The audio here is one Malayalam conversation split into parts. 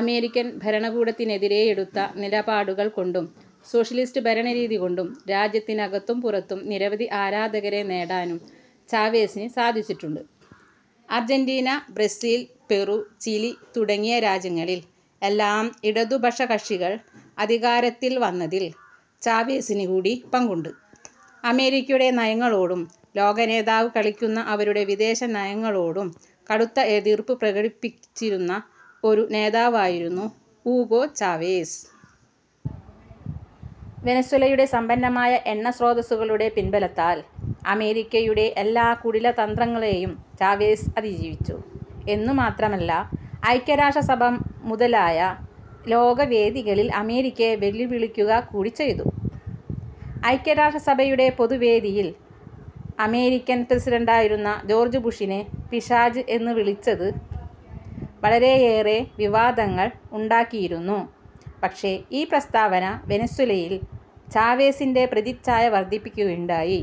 അമേരിക്കൻ ഭരണകൂടത്തിനെതിരേയെടുത്ത നിലപാടുകൾ കൊണ്ടും സോഷ്യലിസ്റ്റ് ഭരണരീതി കൊണ്ടും രാജ്യത്തിനകത്തും പുറത്തും നിരവധി ആരാധകരെ നേടാനും ചാവെസിന് സാധിച്ചിട്ടുണ്ട്. അർജന്റീന, ബ്രസീൽ, പെറു, ചിലി തുടങ്ങിയ രാജ്യങ്ങളിൽ എല്ലാം ഇടതുപക്ഷ കക്ഷികൾ അധികാരത്തിൽ വന്നതിൽ ചാവെസിന് കൂടി പങ്കുണ്ട്. അമേരിക്കയുടെ നയങ്ങളോടും, ലോക നേതാവ് കളിക്കുന്ന അവരുടെ വിദേശനയങ്ങളോടും കടുത്ത എതിർപ്പു പ്രകടിപ്പിച്ചിരുന്ന ഒരു നേതാവായിരുന്നു ഊഗോ ചാവേസ്. വെനിസ്വേലയുടെ സമ്പന്നമായ എണ്ണ സ്രോതസ്സുകളുടെ പിൻബലത്താൽ അമേരിക്കയുടെ എല്ലാ കുടിലതന്ത്രങ്ങളെയും ചാവേസ് അതിജീവിച്ചു എന്നുമാത്രമല്ല ഐക്യരാഷ്ട്രസഭ മുതലായ ലോകവേദികളിൽ അമേരിക്കയെ വെല്ലുവിളിക്കുക കൂടി ചെയ്തു. ഐക്യരാഷ്ട്രസഭയുടെ പൊതു വേദിയിൽ അമേരിക്കൻ പ്രസിഡന്റായിരുന്ന ജോർജ്ജ്ബുഷിനെ പിശാച് എന്ന് വിളിച്ചത് വളരെയേറെ വിവാദങ്ങൾ ഉണ്ടാക്കിയിരുന്നു. പക്ഷേ ഈ പ്രസ്താവന വെനിസ്വേലയിൽ ചാവേസിൻ്റെ പ്രതിച്ഛായ വർദ്ധിപ്പിക്കുകയുണ്ടായി.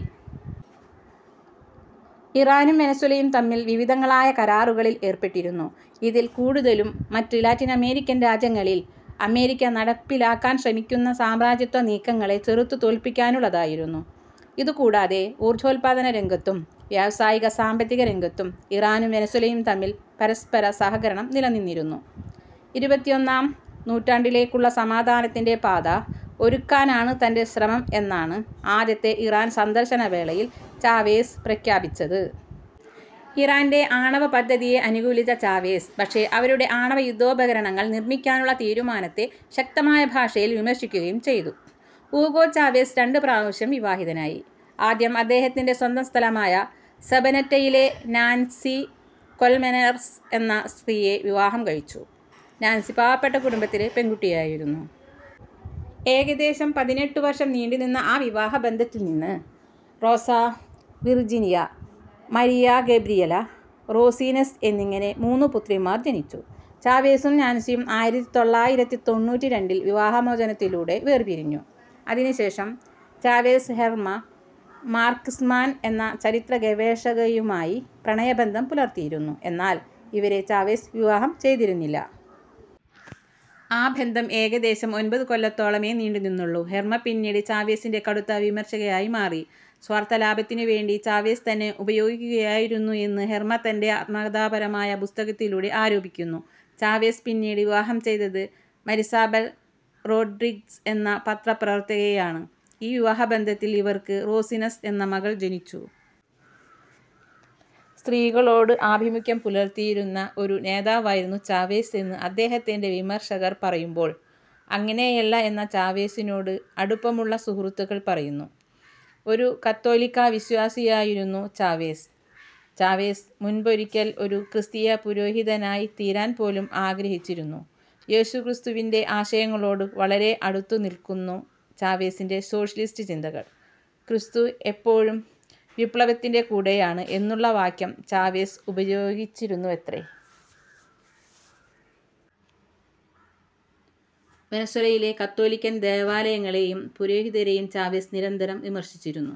ഇറാനും വെനിസ്വേലയും തമ്മിൽ വിവിധങ്ങളായ കരാറുകളിൽ ഏർപ്പെട്ടിരുന്നു. ഇതിൽ കൂടുതലും മറ്റ് ലാറ്റിനമേരിക്കൻ രാജ്യങ്ങളിൽ അമേരിക്ക നടപ്പിലാക്കാൻ ശ്രമിക്കുന്ന സാമ്രാജ്യത്വ നീക്കങ്ങളെ ചെറുത്തു തോൽപ്പിക്കാനുള്ളതായിരുന്നു. ഇതു കൂടാതെ ഊർജ്ജോത്പാദന രംഗത്തും, വ്യാവസായിക, സാമ്പത്തിക രംഗത്തും ഇറാനും വെനിസ്വേലയും തമ്മിൽ പരസ്പര സഹകരണം നിലനിന്നിരുന്നു. ഇരുപത്തിയൊന്നാം നൂറ്റാണ്ടിലേക്കുള്ള സമാധാനത്തിൻ്റെ പാത ഒരുക്കാനാണ് തൻ്റെ ശ്രമം എന്നാണ് ആദ്യത്തെ ഇറാൻ സന്ദർശന വേളയിൽ ചാവേസ് പ്രഖ്യാപിച്ചത്. ഇറാൻ്റെ ആണവപദ്ധതിയെ അനുകൂലിച്ച ചാവേസ് പക്ഷേ അവരുടെ ആണവയുദ്ധോപകരണങ്ങൾ നിർമ്മിക്കാനുള്ള തീരുമാനത്തെ ശക്തമായ ഭാഷയിൽ വിമർശിക്കുകയും ചെയ്തു. ഊഗോ ചാവെസ് രണ്ട് പ്രാവശ്യം വിവാഹിതനായി. ആദ്യം അദ്ദേഹത്തിൻ്റെ സ്വന്തം സ്ഥലമായ സബനെറ്റയിലെ നാൻസി കൊൽമെനർസ് എന്ന സ്ത്രീയെ വിവാഹം കഴിച്ചു. നാൻസി പാവപ്പെട്ട കുടുംബത്തിലെ പെൺകുട്ടിയായിരുന്നു. ഏകദേശം പതിനെട്ട് വർഷം നീണ്ടുനിന്ന ആ വിവാഹബന്ധത്തിൽ നിന്ന് Rosa Virginia, Maria Gabriela, Rosines എന്നിങ്ങനെ മൂന്ന് പുത്രിമാർ ജനിച്ചു. ചാവേസും നാൻസിയും ആയിരത്തി തൊള്ളായിരത്തി തൊണ്ണൂറ്റിരണ്ടിൽ വിവാഹമോചനത്തിലൂടെ വേർപിരിഞ്ഞു. അതിനുശേഷം ചാവെസ് ഹെർമ മാർക്സ്മാൻ എന്ന ചരിത്ര ഗവേഷകയുമായി പ്രണയബന്ധം പുലർത്തിയിരുന്നു, എന്നാൽ ഇവരെ ചാവേസ് വിവാഹം ചെയ്തിരുന്നില്ല. ആ ബന്ധം ഏകദേശം ഒൻപത് കൊല്ലത്തോളമേ നീണ്ടു നിന്നൊള്ളു. ഹെർമ പിന്നീട് ചാവേസിൻ്റെ കടുത്ത വിമർശകയായി മാറി, സ്വാർത്ഥലാഭത്തിനുവേണ്ടി ചാവേസ് തന്നെ ഉപയോഗിക്കുകയായിരുന്നു എന്ന് ഹെർമ തൻ്റെ ആത്മകഥാപരമായ പുസ്തകത്തിലൂടെ ആരോപിക്കുന്നു. ചാവേസ് പിന്നീട് വിവാഹം ചെയ്തത് മരിസാബെൽ റോഡ്രിഗ്സ് എന്ന പത്രപ്രവർത്തകയെയാണ്. ഈ വിവാഹബന്ധത്തിൽ ഇവർക്ക് റോസിനസ് എന്ന മകൾ ജനിച്ചു. സ്ത്രീകളോട് ആഭിമുഖ്യം പുലർത്തിയിരുന്ന ഒരു നേതാവായിരുന്നു ചാവേസ് എന്ന് അദ്ദേഹത്തിൻ്റെ വിമർശകർ പറയുമ്പോൾ, അങ്ങനെയല്ല എന്ന ചാവേസിനോട് അടുപ്പമുള്ള സുഹൃത്തുക്കൾ പറയുന്നു. ഒരു കത്തോലിക്കാ വിശ്വാസിയായിരുന്നു ചാവേസ്. ചാവേസ് മുൻപൊരിക്കൽ ഒരു ക്രിസ്തീയപുരോഹിതനായിത്തീരാൻ പോലും ആഗ്രഹിച്ചിരുന്നു. യേശു ക്രിസ്തുവിൻ്റെ ആശയങ്ങളോട് വളരെ അടുത്തുനിൽക്കുന്നു ചാവേസിൻ്റെ സോഷ്യലിസ്റ്റ് ചിന്തകൾ, ക്രിസ്തു എപ്പോഴും വിപ്ലവത്തിൻ്റെ കൂടെയാണ് എന്നുള്ള വാക്യം ചാവേസ് ഉപയോഗിച്ചിരുന്നുവത്രെ. വെനസ്വേലയിലെ കാത്തോലിക്കൻ ദേവാലയങ്ങളേയും പുരോഹിതരേയും ചാവേസ് നിരന്തരം വിമർശിച്ചിരുന്നു.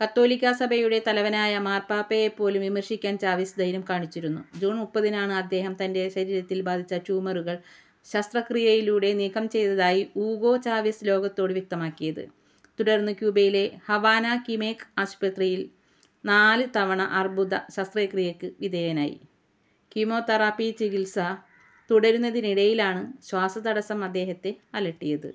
കത്തോലിക്കാ സഭയുടെ തലവനായ മാർപാപ്പയേപ്പോലും വിമർശിക്കാൻ ചാവേസ് ധൈര്യം കാണിച്ചിരുന്നു. ജൂൺ മുപ്പതിനാണ് അദ്ദേഹം തൻ്റെ ശരീരത്തിൽ ബാധിച്ച ട്യൂമറുകൾ ശസ്ത്രക്രിയയിലൂടെ നീക്കം ചെയ്തതായി ഊഗോ ചാവെസ് ലോകത്തോട് വ്യക്തമാക്കിയത്. തുടർന്ന് ക്യൂബയിലെ ഹവാന കിമേക് ആസ്പത്രിയിൽ നാല് തവണ അർബുദ ശസ്ത്രക്രിയയ്ക്ക് വിധേയനായി, കീമോതെറാപ്പി ചികിത്സ തുടരുന്നതിനിടയിലാണ് ശ്വാസതടസ്സം അദ്ദേഹത്തെ അലട്ടിയത്.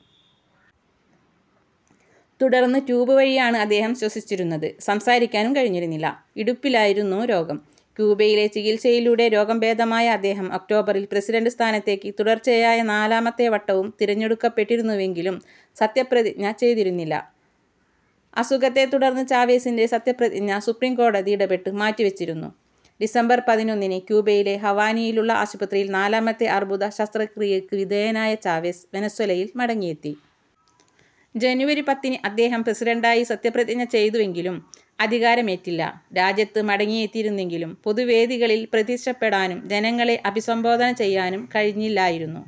തുടർന്ന് ട്യൂബ് വഴിയാണ് അദ്ദേഹം ശ്വസിച്ചിരുന്നത്. സംസാരിക്കാനും കഴിഞ്ഞിരുന്നില്ല. ഇടുപ്പിലായിരുന്നു രോഗം. ക്യൂബയിലെ ചികിത്സയിലൂടെ രോഗം ഭേദമായ അദ്ദേഹം ഒക്ടോബറിൽ പ്രസിഡൻ്റ് സ്ഥാനത്തേക്ക് തുടർച്ചയായ നാലാമത്തെ വട്ടവും തിരഞ്ഞെടുക്കപ്പെട്ടിരുന്നുവെങ്കിലും സത്യപ്രതിജ്ഞ ചെയ്തിരുന്നില്ല. അസുഖത്തെ തുടർന്ന് ചാവെസിൻ്റെ സത്യപ്രതിജ്ഞ സുപ്രീം കോടതി ഇടപെട്ട് മാറ്റിവെച്ചിരുന്നു. ഡിസംബർ പതിനൊന്നിന് ക്യൂബയിലെ ഹവാനയിലുള്ള ആശുപത്രിയിൽ നാലാമത്തെ അർബുദ ശസ്ത്രക്രിയക്ക് വിധേയനായ ചാവെസ് വെനസ്വേലയിൽ മടങ്ങിയെത്തി. ജനുവരി പത്തിന് അദ്ദേഹം പ്രസിഡന്റായി സത്യപ്രതിജ്ഞ ചെയ്തുവെങ്കിലും അധികാരമേറ്റില്ല. രാജ്യത്ത് മടങ്ങിയെത്തിയിരുന്നെങ്കിലും പൊതുവേദികളിൽ പ്രത്യക്ഷപ്പെടാനും, ജനങ്ങളെ അഭിസംബോധനചെയ്യാനും കഴിഞ്ഞില്ലായിരുന്നു.